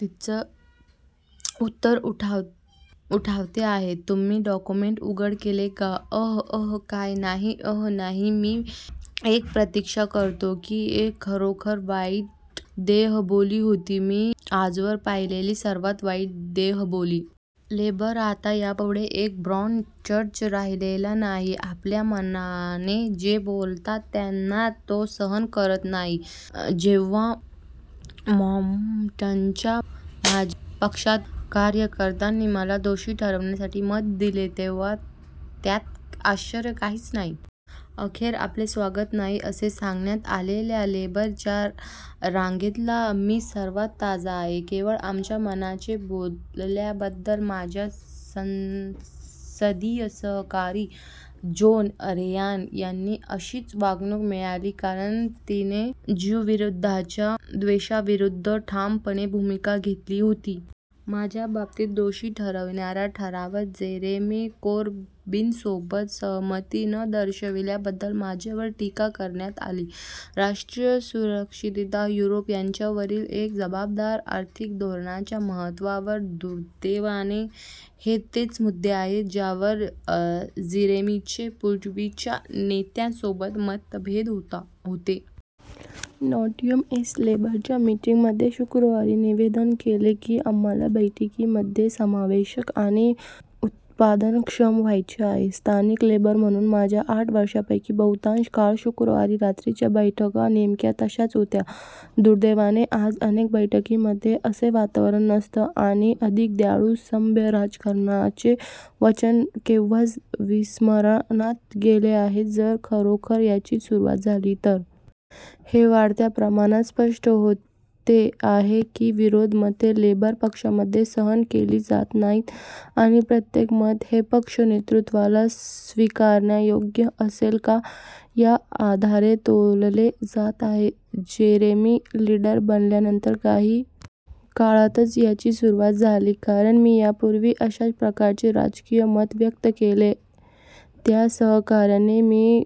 तिचं उत्तर आठवते आहे? तुम्ही डॉक्युमेंट उघड केले का? अह, अह, काय. नाही, अह नाही, मी एक प्रतीक्षा करतो – ती एक खरोखर वाईट देह बोली होती – मी आजवर पाहिलेली सर्वात वाईट देह बोली. " लेबर आता यापुढे एक ब्रॉड चर्च राहिलेला नाही. आपल्या मनाने जे बोलतात त्यांना तो सहन करत नाही जेव्हा मोमेन्टमच्या माझ्या पक्षातील कार्यकर्त्यांनी मला दोषी ठरविण्यासाठी मत दिलं, तेव्हा त्यात आश्चर्य काहीच नव्हतं. अखेर, आपले स्वागत नाही असे सांगण्यात आलेल्या लेबर च्या रांगेतला मी सर्वात ताजा आहे – केवळ आमच्या मनाचे बोलल्याबद्दल. माझ्या संसदीय सहकारी जोन रेयान यांना अशीच वागणूक मिळाली कारण तिने ज्यूंविरुद्धच्या द्वेषाविरुद्ध ठामपणे भूमिका घेतली होती. माझ्या बाबतीत, दोषी ठरवणाऱ्या ठरावात जेरेमी कोरबिनसोबत सहमती न दर्शवल्याबद्दल माझ्यावर टीका करण्यात आली. राष्ट्रीय सुरक्षितता, युरोप यांच्यावरील एका जबाबदार आर्थिक धोरणाच्या महत्वावर, दुर्दैवाने हे तेच मुद्दे आहेत ज्यावर जेरेमीचे पूर्वीच्या नेत्यांसोबत मतभेद होते. नॉटिंघम ईस्ट लेबरच्या मीटिंगमध्ये शुक्रवारी निवेदन केले की "आम्हाला बैठकांमध्ये समावेशक आणि उत्पादनक्षम व्हायचे आहे. " स्थानिक लेबर म्हणून माझ्या आठ वर्षांपैकी बहुतांश काळ, शुक्रवारी रात्रीच्या बैठका नेमक्या तशाच होत्या. दुर्दैवाने आज, अनेक बैठकींमध्ये असं वातावरण नसतं आणि "अधिक दयाळू, सभ्य," राजकारणाचे वचन केव्हाच विस्मरणात गेले आहे जर, खरोखर त्याची सुरुवात झाली तर. हे वाढत्या प्रमाणात स्पष्ट होते आहे की विरोधी मते लेबर पक्षामध्ये सहन केली जात नाहीत आणि प्रत्येक मत हे पक्ष नेतृत्वाला स्विकारण्यायोग्य असेल का या आधारे तोलले जात आहे. जेरेमी लिडर बनल्यानंतर काही काळातच याची सुरुवात झाली, कारण मी यापूर्वी अशाच प्रकारचे राजकीय मत व्यक्त केले त्या सहकाऱ्यांनी मी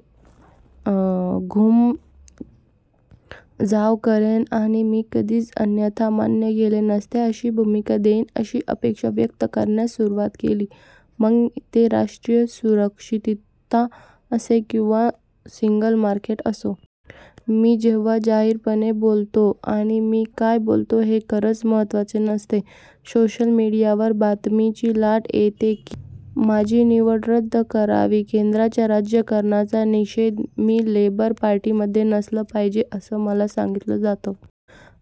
घूमजाव करेन आणि मी कधीच अन्यथा मान्य केल्या नसत्या अशी भूमिका घेईन अशी अपेक्षा व्यक्त करण्यास सुरुवात केली – मग ते राष्ट्रीय सुरक्षितता असो किंवा सिंगल मार्केट असो. मी जेव्हा जाहीरपणे बोलतो – आणि मी काय बोलतो हे खरंच महत्वाचे नसते – सोशल मीडियावर बदनामीची लाट येते की माझी निवड रद्द करावी, केंद्राच्या राजकारणाचा निषेध, मी लेबर पार्टीमध्ये नसलं पाहिजे असं मला सांगितलं जातं.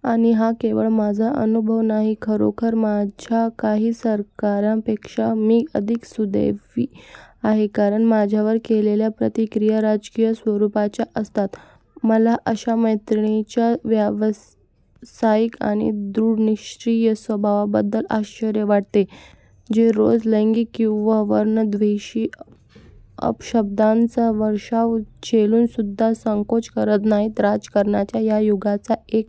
आणि हा केवळ माझा अनुभव नाही. खरोखर, माझ्या काही सहकाऱ्यांपेक्षा मी अधिक सुदैवी आहे कारण माझ्यावर केलेल्या प्रतिक्रिया राजकीय स्वरुपाच्या असतात. मला अशा मैत्रिणींच्या व्यावसायिक आणि दृढनिश्चयी स्वभावाबद्दल आश्चर्य वाटते, जे रोज लैंगिक किंवा वर्णद्वेषी अपशब्दांचा वर्षाव झेलून सुद्धा संकोच करत नाहीत. राजकारणाच्या या युगाचा एक